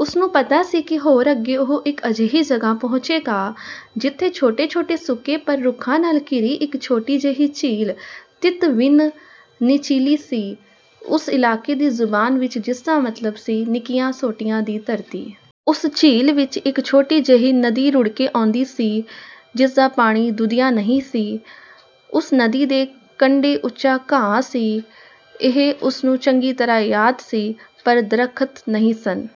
ਉਸਨੂੰ ਪਤਾ ਸੀ ਕਿ ਹੋਰ ਅੱਗੇ ਉਹ ਇੱਕ ਅਜਿਹੀ ਜਗ੍ਹਾ ਪਹੁੰਚੇਗਾ, ਜਿੱਥੇ ਛੋਟੇ-ਛੋਟੇ ਸੁੱਕੇ ਪਰ ਰੁੱਖਾਂ ਨਾਲ਼ ਘਿਰੀ ਇੱਕ ਛੋਟੀ ਜਿਹੀ ਝੀਲ਼ 'ਤੀਤਵਿਨ ਨਿਚੀਲੀ' ਸੀ, ਉਸ ਇਲਾਕੇ ਦੀ ਜ਼ੁਬਾਨ ਵਿੱਚ, ਜਿਸਦਾ ਮਤਲਬ ਸੀ "ਨਿੱਕੀਆਂ ਸੋਟੀਆਂ ਦੀ ਧਰਤੀ।" ਉਸ ਝੀਲ ਵਿੱਚ ਇੱਕ ਛੋਟੀ ਜਿਹੀ ਨਦੀ ਰੁੜ੍ਹਕੇ ਆਉਂਦੀ ਸੀ, ਜਿਸਦਾ ਪਾਣੀ ਦੁਧੀਆ ਨਹੀਂ ਸੀ। ਉਸ ਨਦੀ ਦੇ ਕੰਡੇ ਉੱਚਾ ਘਾਹ ਸੀ — ਇਹ ਉਸਨੂੰ ਚੰਗੀ ਤਰ੍ਹਾਂ ਯਾਦ ਸੀ — ਪਰ ਦਰੱਖ਼ਤ ਨਹੀਂ ਸਨ।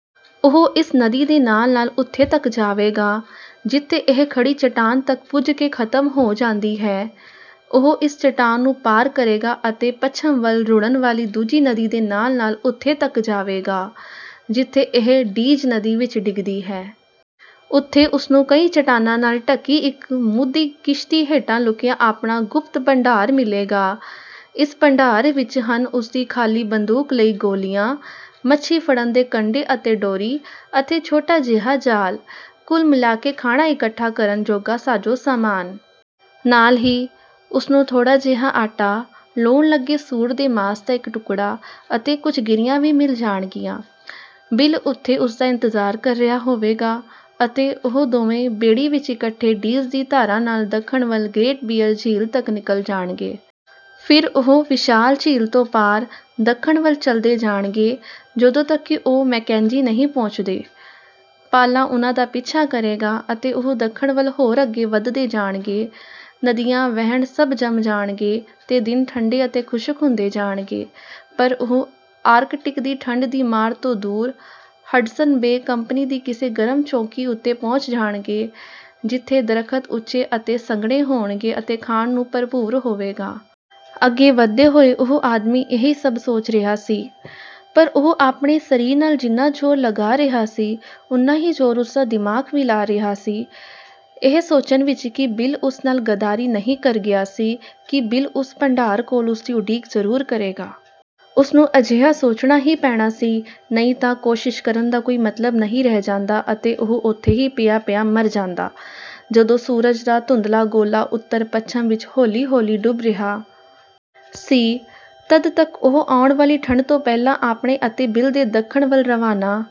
ਉਹ ਇਸ ਨਦੀ ਦੇ ਨਾਲ਼-ਨਾਲ਼ ਉੱਥੇ ਤੱਕ ਜਾਵੇਗਾ, ਜਿੱਥੇ ਇਹ ਖੜੀ ਚੱਟਾਨ ਤੱਕ ਪੁੱਜ ਕੇ ਖਤਮ ਹੋ ਜਾਂਦੀ ਹੈ। ਉਹ ਇਸ ਚੱਟਾਨ ਨੂੰ ਪਾਰ ਕਰੇਗਾ ਅਤੇ ਪੱਛਮ ਵੱਲ ਰੁੜ੍ਹਨ ਵਾਲ਼ੀ ਦੂਜੀ ਨਦੀ ਦੇ ਨਾਲ਼-ਨਾਲ਼ ਉੱਥੇ ਤੱਕ ਜਾਵੇਗਾ, ਜਿੱਥੇ ਇਹ 'ਡੀਜ਼ ਨਦੀ' ਵਿੱਚ ਡਿੱਗਦੀ ਹੈ। ਉੱਥੇ ਉਸਨੂੰ ਕਈ ਚੱਟਾਨਾਂ ਨਾਲ਼ ਢਕੀ ਇੱਕ ਮੂਧੀ ਕਿਸ਼ਤੀ ਹੇਠਾਂ ਲੁਕਿਆ ਆਪਣਾ ਗੁਪਤ ਭੰਡਾਰ ਮਿਲ਼ੇਗਾ। ਇਸ ਭੰਡਾਰ ਵਿੱਚ ਹਨ ਉਸਦੀ ਖਾਲੀ ਬੰਦੂਕ ਲਈ ਗੋਲ਼ੀਆਂ, ਮੱਛੀ ਫੜਨ ਦੇ ਕੰਡੇ ਅਤੇ ਡੋਰੀ, ਅਤੇ ਛੋਟਾ ਜਿਹਾ ਜਾਲ਼ – ਕੁੱਲ ਮਿਲ਼ਾ ਕੇ ਖਾਣਾ ਇਕੱਠਾ ਕਰਨ ਜੋਗਾ ਸਾਜੋ-ਸਾਮਾਨ। ਨਾਲ਼ ਹੀ, ਉਸਨੂੰ ਥੋੜ੍ਹਾ ਜਿਹਾ ਆਟਾ, ਲੂਣ ਲੱਗੇ ਸੂਰ ਦੇ ਮਾਸ ਦਾ ਇੱਕ ਟੁਕੜਾ ਅਤੇ ਕੁੱਝ ਗਿਰੀਆਂ ਵੀ ਮਿਲ਼ ਜਾਣਗੀਆਂ। ਬਿਲ ਉੱਥੇ ਉਸਦਾ ਇੰਤਜ਼ਾਰ ਕਰ ਰਿਹਾ ਹੋਵੇਗਾ ਅਤੇ ਉਹ ਦੋਵੇਂ ਬੇੜੀ ਵਿੱਚ ਇਕੱਠੇ ਡੀਜ਼ ਦੀ ਧਾਰਾ ਨਾਲ਼ ਦੱਖਣ ਵੱਲ ਗਰੇਟ ਬੀਅਰ ਝੀਲ ਤੱਕ ਨਿੱਕਲ਼ ਜਾਣਗੇ। ਫਿਰ ਉਹ ਵਿਸ਼ਾਲ ਝੀਲ ਤੋਂ ਪਾਰ, ਦੱਖਣ ਵੱਲ ਚਲਦੇ ਜਾਣਗੇ, ਜਦੋਂ ਤੱਕ ਕਿ ਉਹ ਮੈਕੇਂਜੀ ਨਹੀਂ ਪਹੁੰਚਦੇ। ਪਾਲ਼ਾ ਉਨ੍ਹਾਂ ਦਾ ਪਿੱਛਾ ਕਰੇਗਾ ਅਤੇ ਉਹ ਦੱਖਣ ਵੱਲ ਹੋਰ ਅੱਗੇ ਵਧਦੇ ਜਾਣਗੇ। ਨਦੀਆਂ-ਵਹਿਣ ਸਭ ਜੰਮ ਜਾਣਗੇ ਤੇ ਦਿਨ ਠੰਡੇ ਅਤੇ ਖੁਸ਼ਕ ਹੁੰਦੇ ਜਾਣਗੇ, ਪਰ ਉਹ ਆਰਕਟਿਕ ਦੀ ਠੰਡ ਦੀ ਮਾਰ ਤੋਂ ਦੂਰ, 'ਹਡਸਨ ਬੇ' ਕੰਪਨੀ ਦੀ ਕਿਸੇ ਗਰਮ ਚੌਂਕੀ ਉੱਤੇ ਪਹੁੰਚ ਜਾਣਗੇ, ਜਿੱਥੇ ਦਰੱਖ਼ਤ ਉੱਚੇ ਅਤੇ ਸੰਘਣੇ ਹੋਣਗੇ ਅਤੇ ਖਾਣ ਨੂੰ ਭਰਪੂਰ ਹੋਵੇਗਾ। ਅੱਗੇ ਵਧਦੇ ਹੋਏ ਉਹ ਆਦਮੀ ਇਹੀ ਸਭ ਸੋਚ ਰਿਹਾ ਸੀ। ਪਰ ਉਹ ਆਪਣੇ ਸਰੀਰ ਨਾਲ਼ ਜਿੰਨਾ ਜ਼ੋਰ ਲਗਾ ਰਿਹਾ ਸੀ, ਓਨਾ ਹੀ ਜ਼ੋਰ ਉਸਦਾ ਦਿਮਾਗ਼ ਵੀ ਲਾ ਰਿਹਾ ਸੀ – ਇਹ ਸੋਚਣ ਵਿੱਚ ਕਿ ਬਿਲ ਉਸ ਨਾਲ਼ ਗੱਦਾਰੀ ਨਹੀਂ ਕਰ ਗਿਆ ਸੀ, ਕਿ ਬਿਲ ਉਸ ਭੰਡਾਰ ਕੋਲ਼ ਉਸਦੀ ਉਡੀਕ ਜਰੂਰ ਕਰੇਗਾ। ਉਸਨੂੰ ਅਜਿਹਾ ਸੋਚਣਾ ਹੀ ਪੈਣਾ ਸੀ, ਨਹੀਂ ਤਾਂ ਕੋਸ਼ਿਸ਼ ਕਰਨ ਦਾ ਕੋਈ ਮਤਲਬ ਨਹੀਂ ਰਹਿ ਜਾਂਦਾ ਅਤੇ ਉਹ ਉੱਥੇ ਹੀ ਪਿਆ-ਪਿਆ ਮਰ ਜਾਂਦਾ। ਜਦੋਂ ਸੂਰਜ ਦਾ ਧੁੰਦਲ਼ਾ ਗੋਲ਼ਾ ਉੱਤਰ-ਪੱਛਮ ਵਿੱਚ ਹੌਲ਼ੀ-ਹੌਲ਼ੀ ਡੁੱਬ ਰਿਹਾ ਸੀ, ਤਦ ਤੱਕ ਉਹ ਆਉਣ ਵਾਲ਼ੀ ਠੰਡ ਤੋਂ ਪਹਿਲਾਂ ਆਪਣੇ ਅਤੇ ਬਿਲ ਦੇ ਦੱਖਣ ਵੱਲ ਰਵਾਨਾ